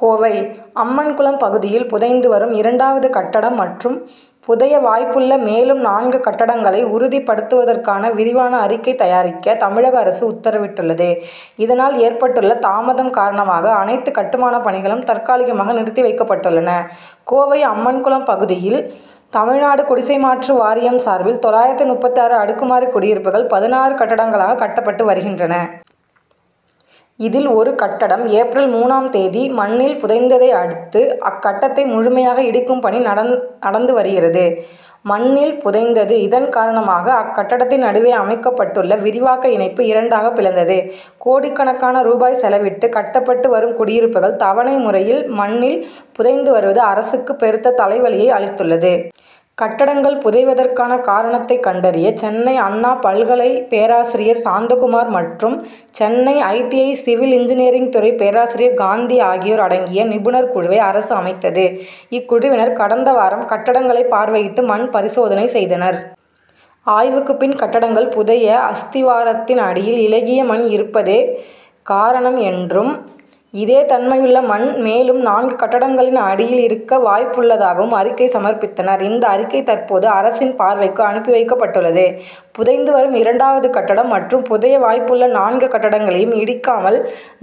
கோவை: அம்மன்குளம் பகுதியில் புதைந்து வரும் இரண்டாவது கட்டடம் மற்றும் புதைய வாய்ப்புள்ள மேலும் நான்கு கட்டடங்களை உறுதிப்படுத்துவதற்கான விரிவான அறிக்கை தயாரிக்க தமிழக அரசு உத்தரவிட்டுள்ளது. இதனால் ஏற்பட்டுள்ள தாமதம் காரணமாக அனைத்து கட்டுமானப் பணிகளும் தற்காலிகமாக நிறுத்தி வைக்கப்பட்டுள்ளன. கோவை அம்மன் குளம் பகுதியில் தமிழ்நாடு குடிசை மாற்று வாரியம் சார்பில் தொல்லாயிரத்து முப்பத்தி ஆறு அடுக்குமாடி குடியிருப்புகள் பதினாறு கட்டடங்களாக கட்டப்பட்டு வருகின்றன. இதில் ஒரு கட்டடம் ஏப்., மூன்றாம் தேதி மண்ணில் புதைந்ததை அடுத்து, அக்கட்டடத்தை முழுமையாக இடிக்கும் பணி நடந்து வருகிறது. மீ., மண்ணில் புதைந்தது. இதன் காரணமாக அக்கட்டடத்தின் நடுவே அமைக்கப்பட்டுள்ள விரிவாக்க இணைப்பு, இரண்டாக பிளந்தது. கோடிக்கணக்கான ரூபாய் செலவிட்டு கட்டப்பட்டு வரும் குடியிருப்புகள் தவணை முறையில் மண்ணில் புதைந்து வருவது, அரசுக்கு பெருத்த தலைவலியை அளித்துள்ளது. கட்டடங்கள் புதைவதற்கான காரணத்தை கண்டறிய, சென்னை அண்ணா பல்கலை பேராசிரியர் சாந்தகுமார் மற்றும் Chennai I. T. I., civil engineering துறை பேராசிரியர் காந்தி ஆகியோர் அடங்கிய நிபுணர் குழுவை அரசு அமைத்தது. இக்குழுவினர் கடந்த வாரம் கட்டடங்களை பார்வையிட்டு, மண் பரிசோதனை செய்தனர். ஆய்வுக்குப் பின், கட்டடங்கள் புதைய அஸ்திவாரத்தின் அடியில் இளகிய மண் இருப்பதே காரணம் என்றும், இதே தன்மையுள்ள மண் மேலும் நான்கு கட்டடங்களின் அடியிலும் இருக்க வாய்ப்புள்ளதாகவும் அறிக்கை சமர்ப்பித்தனர். இந்த அறிக்கை தற்போது அரசின் பார்வைக்கு அனுப்பி வைக்கப்பட்டுள்ளது. புதைந்து வரும் இரண்டாவது கட்டடம் மற்றும் புதைய வாய்ப்புள்ள நான்கு கட்டடங்களையும் இடிக்காமல்,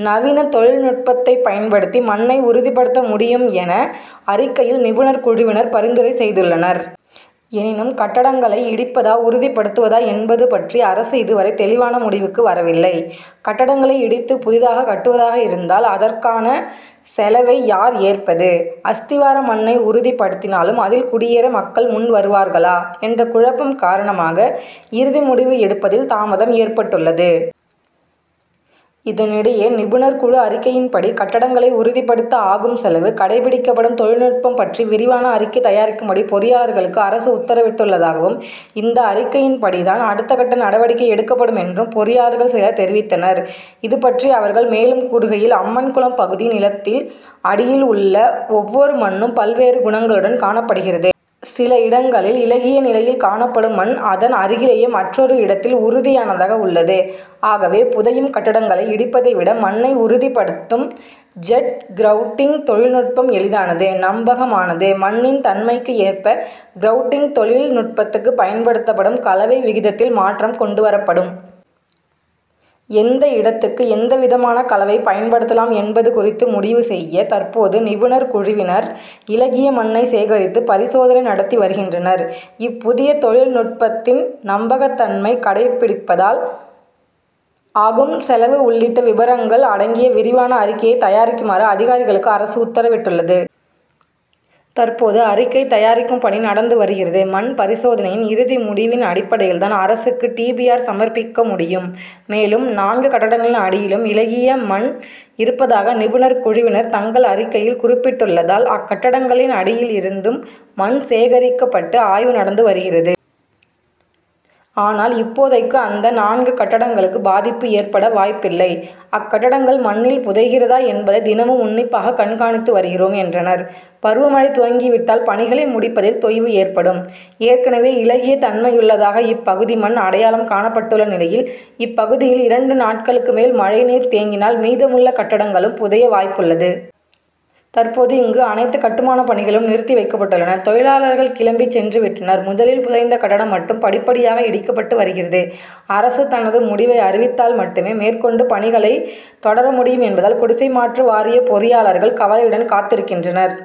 நவீன தொழில்நுட்பத்தை பயன்படுத்தி மண்ணை உறுதிப்படுத்த முடியும் என, அறிக்கையில் நிபுணர் குழுவினர் பரிந்துரை செய்துள்ளனர். எனினும், கட்டடங்களை இடிப்பதா, உறுதிப்படுத்துவதா என்பது பற்றி அரசு இதுவரை தெளிவான முடிவுக்கு வரவில்லை. கட்டடங்களை இடித்து புதிதாக கட்டுவதாக இருந்தால் அதற்கான செலவை யார் ஏற்பது, அஸ்திவார மண்ணை உறுதிப்படுத்தினாலும் அதில் குடியேற மக்கள் முன்வருவார்களா? என்ற குழப்பம் காரணமாக இறுதி முடிவு எடுப்பதில் தாமதம் ஏற்பட்டுள்ளது. இதனிடையே நிபுணர் குழு அறிக்கையின்படி கட்டடங்களை உறுதிப்படுத்த ஆகும் செலவு, கடைபிடிக்கப்படும் தொழில்நுட்பம் பற்றி விரிவான அறிக்கை தயாரிக்கும்படி பொறியாளர்களுக்கு அரசு உத்தரவிட்டுள்ளதாகவும், இந்த அறிக்கையின்படிதான் அடுத்தகட்ட நடவடிக்கை எடுக்கப்படும் என்றும் பொறியாளர்கள் சிலர் தெரிவித்தனர். இது பற்றி அவர்கள் மேலும் கூறுகையில், "அம்மன் குளம் பகுதி நிலத்தின் அடியில் உள்ள ஒவ்வொரு மண்ணும் பல்வேறு குணங்களுடன் காணப்படுகிறது. சில இடங்களில் இளகிய நிலையில் காணப்படும் மண், அதன் அருகிலேயே மற்றொரு இடத்தில் உறுதியானதாக உள்ளது. ஆகவே புதையும் கட்டடங்களை இடிப்பதை விட, மண்ணை உறுதிப்படுத்தும் "ஜெட் கிரவுட்டிங் தொழில் நுட்பம்' எளிதானது; நம்பகமானது. "மண்ணின் தன்மைக்கு ஏற்ப, கிரவுட்டிங் தொழில் நுட்பத்துக்கு பயன்படுத்தப்படும் கலவை விகிதத்தில் மாற்றம் கொண்டு வரப்படும். எந்த இடத்துக்கு எந்த விதமான கலவை பயன்படுத்தலாம் என்பது குறித்து முடிவு செய்ய, தற்போது நிபுணர் குழுவினர், இளகிய மண்ணை சேகரித்து பரிசோதனை நடத்தி வருகின்றனர். "இப்புதிய தொழில் நுட்பத்தின் நம்பகத்தன்மை, கடைபிடிப்பதால் ஆகும் செலவு உள்ளிட்ட விபரங்கள் அடங்கிய விரிவான அறிக்கையை தயாரிக்குமாறு அதிகாரிகளுக்கு அரசு உத்தரவிட்டுள்ளது. தற்போது அறிக்கை தயாரிக்கும் பணி நடந்து வருகிறது. மண் பரிசோதனையின் இறுதி முடிவின் அடிப்படையில்தான் அரசுக்கு டி. பி. ஆர்., சமர்ப்பிக்க முடியும். "மேலும் நான்கு கட்டடங்களின் அடியிலும் இளகிய மண் இருப்பதாக நிபுணர் குழுவினர் தங்கள் அறிக்கையில் குறிப்பிட்டுள்ளதால், அக்கட்டடங்களின் அடியில் இருந்தும் மண் சேகரிக்கப்பட்டு ஆய்வு நடந்து வருகிறது. ஆனால், இப்போதைக்கு அந்த நான்கு கட்டடங்களுக்கு பாதிப்பு ஏற்பட வாய்ப்பில்லை. அக்கட்டடங்கள் மண்ணில் புதைகிறதா என்பதை தினமும் உன்னிப்பாக கண்காணித்து வருகிறோம்' என்றனர். பருவமழை துவங்கி விட்டால், பணிகளை முடிப்பதில் தொய்வு ஏற்படும்; ஏற்கனவே இளகிய தன்மையுள்ளதாக இப்பகுதி மண் அடையாளம் காணப்பட்டுள்ள நிலையில், இப்பகுதியில் இரண்டு நாட்களுக்கு மேல் மழை நீர் தேங்கினால் மீதமுள்ள கட்டடங்களும் புதைய வாய்ப்புள்ளது. தற்போது இங்கு அனைத்து கட்டுமானப் பணிகளும் நிறுத்தி வைக்கப்பட்டுள்ளன. தொழிலாளர்கள் கிளம்பிச் சென்று விட்டனர். முதலில் புதைந்த கட்டடம் மட்டும் படிப்படியாக இடிக்கப்பட்டு வருகிறது. அரசு தனது முடிவை அறிவித்தால் மட்டுமே மேற்கொண்டு பணிகளை தொடர முடியும் என்பதால், குடிசை மாற்று வாரிய பொறியாளர்கள் கவலையுடன் காத்திருக்கின்றனர்.